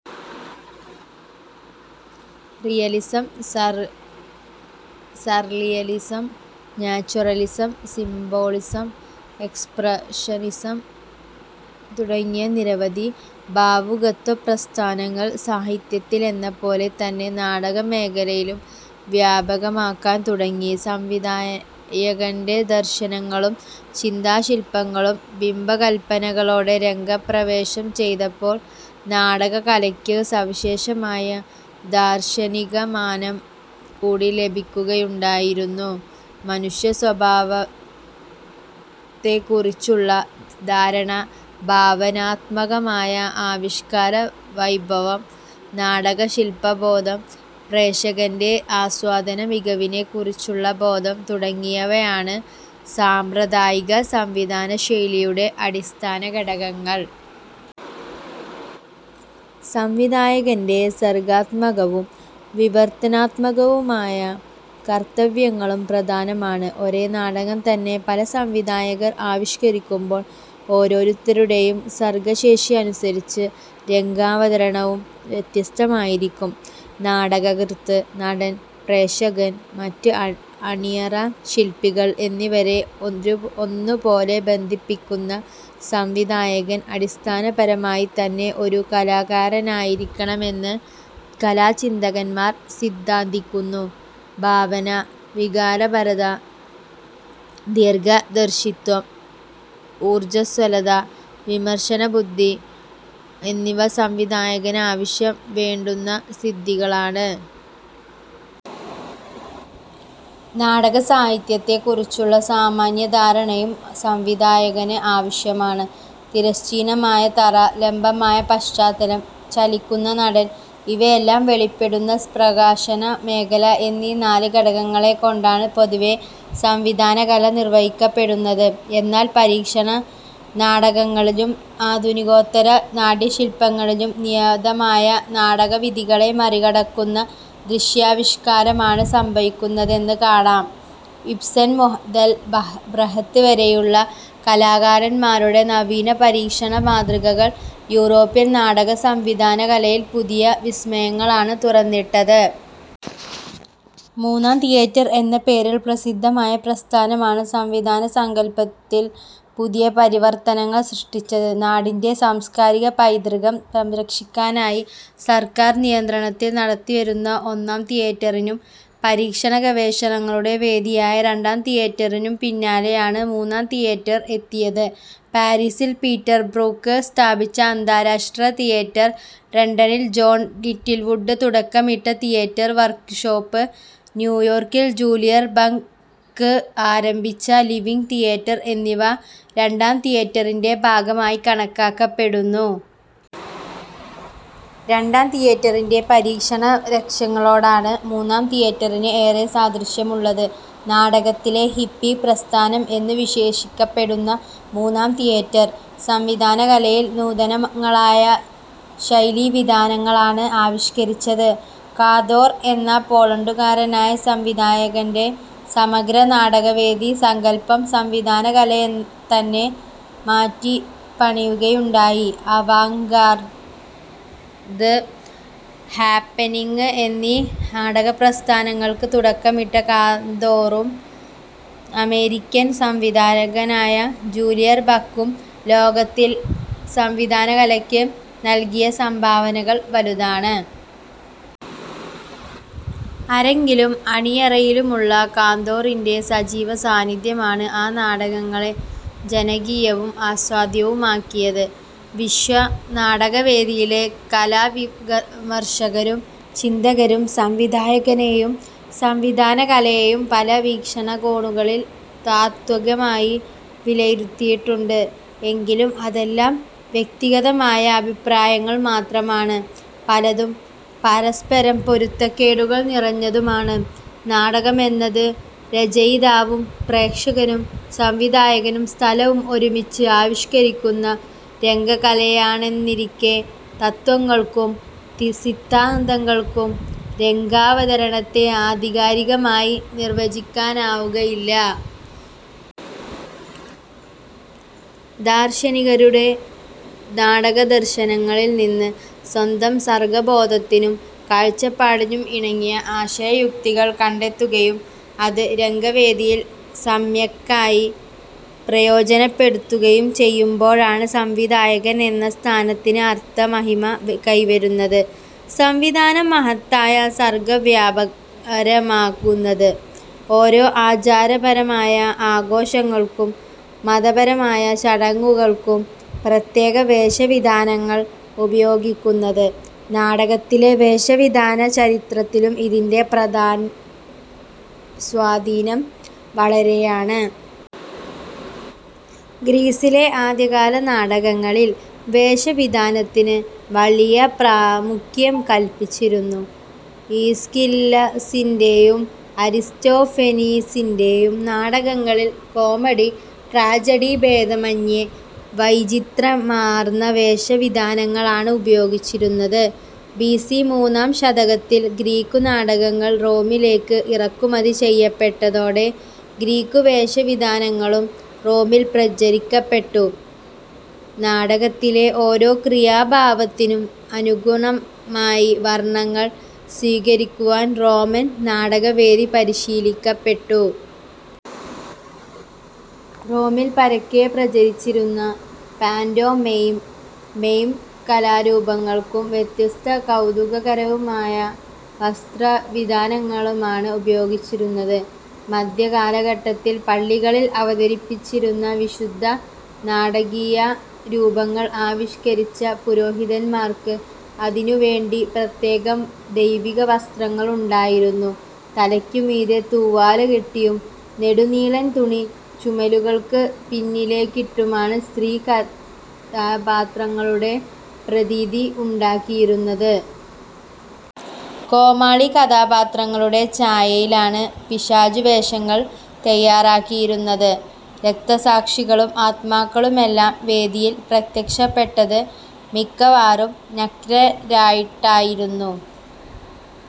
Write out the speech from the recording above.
Realism, sur surrealism, naturalism, symbolism, expressionism തുടങ്ങിയ നിരവധി ഭാവുകത്വപ്രസ്ഥാനങ്ങൾ സാഹിത്യത്തിലെന്നപോലെ തന്നെ നാടകമേഖലയിലും വ്യാപകമാകാൻ തുടങ്ങി. സംവിധായകൻ്റെ ദർശനങ്ങളും ചിന്താശില്പങ്ങളും ബിംബകല്പനകളോടെ രംഗപ്രവേശം ചെയ്തപ്പോൾ നാടകകലയ്ക്ക് സവിശേഷമായ ദാർശനികമാനം കൂടി ലഭിക്കുകയുണ്ടായിരുന്നു. മനുഷ്യസ്വഭാവത്തെക്കുറിച്ചുള്ള ധാരണ, ഭാവനാത്മകമായ ആവിഷ്കാര വൈഭവം, നാടകശില്പബോധം, പ്രേക്ഷകൻ്റെ ആസ്വാദന മികവിനെക്കുറിച്ചുള്ള ബോധം തുടങ്ങിയവയാണ് സാമ്പ്രദായിക സംവിധാനശൈലിയുടെ അടിസ്ഥാനഘടകങ്ങൾ. സംവിധായകൻ്റെ സർഗാത്മകവും വിവർത്തനാത്മകവുമായ കർത്തവ്യങ്ങളും പ്രധാനമാണ്. ഒരേ നാടകം തന്നെ പല സംവിധാകർ ആവിഷ്കരിക്കുമ്പോൾ ഓരോരുത്തരുടെയും സർഗശേഷി അനുസരിച്ച് രംഗാവതരണവും വ്യത്യസ്തമായിരിക്കും. നാടകകൃത്ത്, നടൻ, പ്രേക്ഷകൻ, മറ്റ് അ അണിയറ ശില്പികൾ എന്നിവരെ ഒരു ഒന്നുപോലെ ബന്ധിപ്പിക്കുന്ന സംവിധായകൻ അടിസ്ഥാനപരമായിത്തന്നെ ഒരു കലാകാരനായിരിക്കണമെന്ന് കലാചിന്തകന്മാർ സിദ്ധാന്തിക്കുന്നു. ഭാവന, വികാരപരത, ദീർഘദർശിത്വം, ഊർജസ്വലത, വിമർശനബുദ്ധി എന്നിവ സംവിധായകന് അവശ്യംവേണ്ടുന്ന സിദ്ധികളാണ്. നാടകസാഹിത്യത്തെക്കുറിച്ചുള്ള സാമാന്യധാരണയും സംവിധായകന് ആവശ്യമാണ്. തിരശ്ചീനമായ തറ, ലംബമായ പശ്ചാത്തലം, ചലിക്കുന്ന നടൻ ഇവയെല്ലാം വെളിപ്പെടുന്ന പ്രകാശനമേഖല എന്നീ നാല് ഘടകങ്ങളെക്കൊണ്ടാണ് പൊതുവേ, സംവിധാനകല നിർവഹിക്കപ്പെടുന്നത്. എന്നാൽ പരീക്ഷണ നാടകങ്ങളിലും ആധുനികോത്തര നാട്യശില്പങ്ങളിലും നിയതമായ നാടകവിധികളെ മറികടക്കുന്ന ദൃശ്യാവിഷ്കാരമാണ് സംഭവിക്കുന്നതെന്ന് കാണാം. ഇബ്സൻ മുഹ്തൽ ബ്ര ബ്രഹ്ത് വരെയുള്ള കലാകാരന്മാരുടെ നവീന പരീക്ഷണ മാതൃകകൾ യൂറോപ്യൻ നാടക സംവിധാനകലയിൽ പുതിയ വിസ്മയങ്ങളാണ് തുറന്നിട്ടത്. 'മൂന്നാം തിയേറ്റർ' എന്ന പേരിൽ പ്രസിദ്ധമായ പ്രസ്ഥാനമാണ് സംവിധാനസങ്കല്പത്തിൽ പുതിയ പരിവർത്തനങ്ങൾ സൃഷ്ടിച്ചത്. നാടിൻ്റെ സംസ്കാരിക പൈതൃകം സംരക്ഷിക്കാനായി സർക്കാർ നിയന്ത്രണത്തിൽ നടത്തിവരുന്ന 'ഒന്നാം തിയേറ്ററി'നും പരീക്ഷണഗവേഷണങ്ങളുടെ വേദിയായ 'രണ്ടാം തിയേറ്ററി'നും പിന്നാലെയാണ് 'മൂന്നാം തിയേറ്റർ' എത്തിയത്. പാരിസിൽ പീറ്റർബ്രൂക്ക് സ്ഥാപിച്ച അന്താരാഷ്ട്ര തിയേറ്റർ, ലണ്ടനിൽ ജോൺ ലിറ്റിൽവുഡ് തുടക്കമിട്ട തിയേറ്റർ വർക്ക്ഷോപ്പ്, ന്യൂയോർക്കിൽ ജൂലിയൻ ബക്ക് ആരംഭിച്ച 'ലിവിങ് തിയേറ്റർ' എന്നിവ 'രണ്ടാം തിയേറ്ററി'ൻ്റെ ഭാഗമായി കണക്കാക്കപ്പെടുന്നു. രണ്ടാം തിയേറ്ററിൻ്റെ പരീക്ഷണ ലക്ഷ്യങ്ങളോടാണ് മൂന്നാം തിയേറ്ററിന് ഏറെ സാദൃശ്യമുള്ളത്. 'നാടകത്തിലെ ഹിപ്പി പ്രസ്ഥാനം' എന്ന് വിശേഷിപ്പിക്കപ്പെടുന്ന മൂന്നാം തിയേറ്റർ, സംവിധാനകലയിൽ നൂതനങ്ങളായ ശൈലീവിതാനങ്ങളാണ് ആവിഷ്കരിച്ചത്. കാതോർ എന്ന പോളണ്ടുകാരനായ സംവിധായകൻ്റെ 'സമഗ്രനാടകവേദി' സങ്കല്പം സംവിധാനകലയെത്തന്നെ മാറ്റിപ്പണിയുകയുണ്ടായി. അവാങ്ഗാർദ്, ഹാപ്പെനിങ് എന്നീ നാടകപ്രസ്ഥാനങ്ങൾക്ക് തുടക്കമിട്ട കാന്തോറും അമേരിക്കൻ സംവിധായകനായ ജൂലിയൻ ബക്കും ലോകത്തിൽ സംവിധാനകലയ്ക്ക് നൽകിയ സംഭാവനകൾ വലുതാണ്. അരങ്ങിലും അണിയറയിലുമുള്ള കാന്തോറിൻ്റെ സജീവസാന്നിധ്യമാണ് ആ നാടകങ്ങളെ ജനകീയവും ആസ്വാദ്യവുമാക്കിയത്. വിശ്വനാടകവേദിയിലെ കലാവിമർശകരും ചിന്തകരും സംവിധായകനെയും സംവിധാനകലയെയും പല വീക്ഷണകോണുകളിൽ താത്ത്വികമായി വിലയിരുത്തിയിട്ടുണ്ട്. എങ്കിലും അതെല്ലാം വ്യക്തിഗതമായ അഭിപ്രായങ്ങൾ മാത്രമാണ്. പലതും പരസ്പരം പൊരുത്തക്കേടുകൾ നിറഞ്ഞതുമാണ്. നാടകമെന്നത് രചയിതാവും പ്രേക്ഷകനും സംവിധായകനും സ്ഥലവും ഒരുമിച്ച് ആവിഷ്കരിക്കുന്ന രംഗകലയാണെന്നിരിക്കെ, തത്ത്വങ്ങൾക്കും സിദ്ധാന്തങ്ങൾക്കും രംഗാവതരണത്തെ ആധികാരികമായി നിർവചിക്കാനാവുകയില്ല. ദാർശനികരുടെ നാടകദർശനങ്ങളിൽ നിന്ന് സ്വന്തം സർഗബോധത്തിനും കാഴ്ചപ്പാടിനും ഇണങ്ങിയ ആശയയുക്തികൾ കണ്ടെത്തുകയും അത് രംഗവേദിയിൽ സമ്യക്കായി പ്രയോജനപ്പെടുത്തുകയും ചെയ്യുമ്പോഴാണ് സംവിധായകൻ എന്ന സ്ഥാനത്തിന് അർഥമഹിമ കൈവെരുന്നത്; സംവിധാനം മഹത്തായ സർഗവ്യാപാരമാകുന്നത്. ഓരോ ആചാരപരമായ ആഘോഷങ്ങൾക്കും മതപരമായ ചടങ്ങുകൾക്കും പ്രത്യേക വേഷവിധാനം ഉപയോഗിക്കുന്നത്. നാടകത്തിലെ വേഷവിധാന ചരിത്രത്തിലും ഇതിൻ്റെ പ്രധാ സ്വാധീനം വളരെയാണ്. ഗ്രീസിലെ ആദ്യകാല നാടകങ്ങളിൽ, വേഷവിധാനത്തിന് വലിയ പ്രാമുഖ്യം കൽപ്പിച്ചിരുന്നു. ഈസ്കില്ലസിൻ്റെയും അരിസ്റ്റോഫെനീസിൻ്റെയും നാടകങ്ങളിൽ കോമഡി-ട്രാജഡി ഭേദമെന്യേ വൈചിത്ര്യമാർന്ന വേഷ വിധാനങ്ങളാണ് ഉപയോഗിച്ചിരുന്നത്. ബിസി മൂന്നാം ശതകത്തിൽ ഗ്രീക്കു നാടകങ്ങൾ റോമിലേക്ക് ഇറക്കുമതി ചെയ്യപ്പെട്ടതോടെ ഗ്രീക്കുവേഷവിധാനങ്ങളും റോമിൽ പ്രചരിക്കപ്പെട്ടു. നാടകത്തിലെ ഓരോ ക്രിയാഭാവത്തിനും അനുഗുണമായി വർണങ്ങൾ സ്വീകരിക്കുവാൻ റോമൻ നാടകവേദി പരിശീലിക്കപ്പെട്ടു. റോമിൽ പരക്കെ പ്രചരിച്ചിരുന്ന പാന്റോ മൈം, മൈം കലാരൂപങ്ങൾക്കും, വ്യത്യസ്തവും കൗതുകകരവുമായ വസ്ത്രവിധാനമാണ് ഉപയോഗിച്ചിരുന്നത്. മധ്യകാലഘട്ടത്തിൽ പള്ളികളിൽ അവതരിപ്പിച്ചിരുന്ന വിശുദ്ധ നാടകീയ രൂപങ്ങൾ ആവിഷ്കരിച്ച പുരോഹിതന്മാർക്ക്, അതിനുവേണ്ടി പ്രത്യേക ദൈവിക വസ്ത്രങ്ങളുണ്ടായിരുന്നു. തലയ്ക്കു മീതെ തൂവാല കെട്ടിയും നെടുനീളൻ തുണി ചുമലുകൾക്ക് പിന്നിലേക്കിട്ടുമാണ് സ്ത്രീ കഥാപാത്രങ്ങളുടെ പ്രതീതി ഉണ്ടാക്കിയിരുന്നത്. കോമാളി കഥാപാത്രങ്ങളുടെ ഛായയിലാണ് പിശാചുവേഷങ്ങൾ തയ്യാറാക്കിയിരുന്നത്. രക്തസാക്ഷികളും ആത്മാക്കളുമെല്ലാം വേദിയിൽ പ്രത്യക്ഷപ്പെട്ടത് മിക്കവാറും നഗ്നരായിട്ടായിരുന്നു.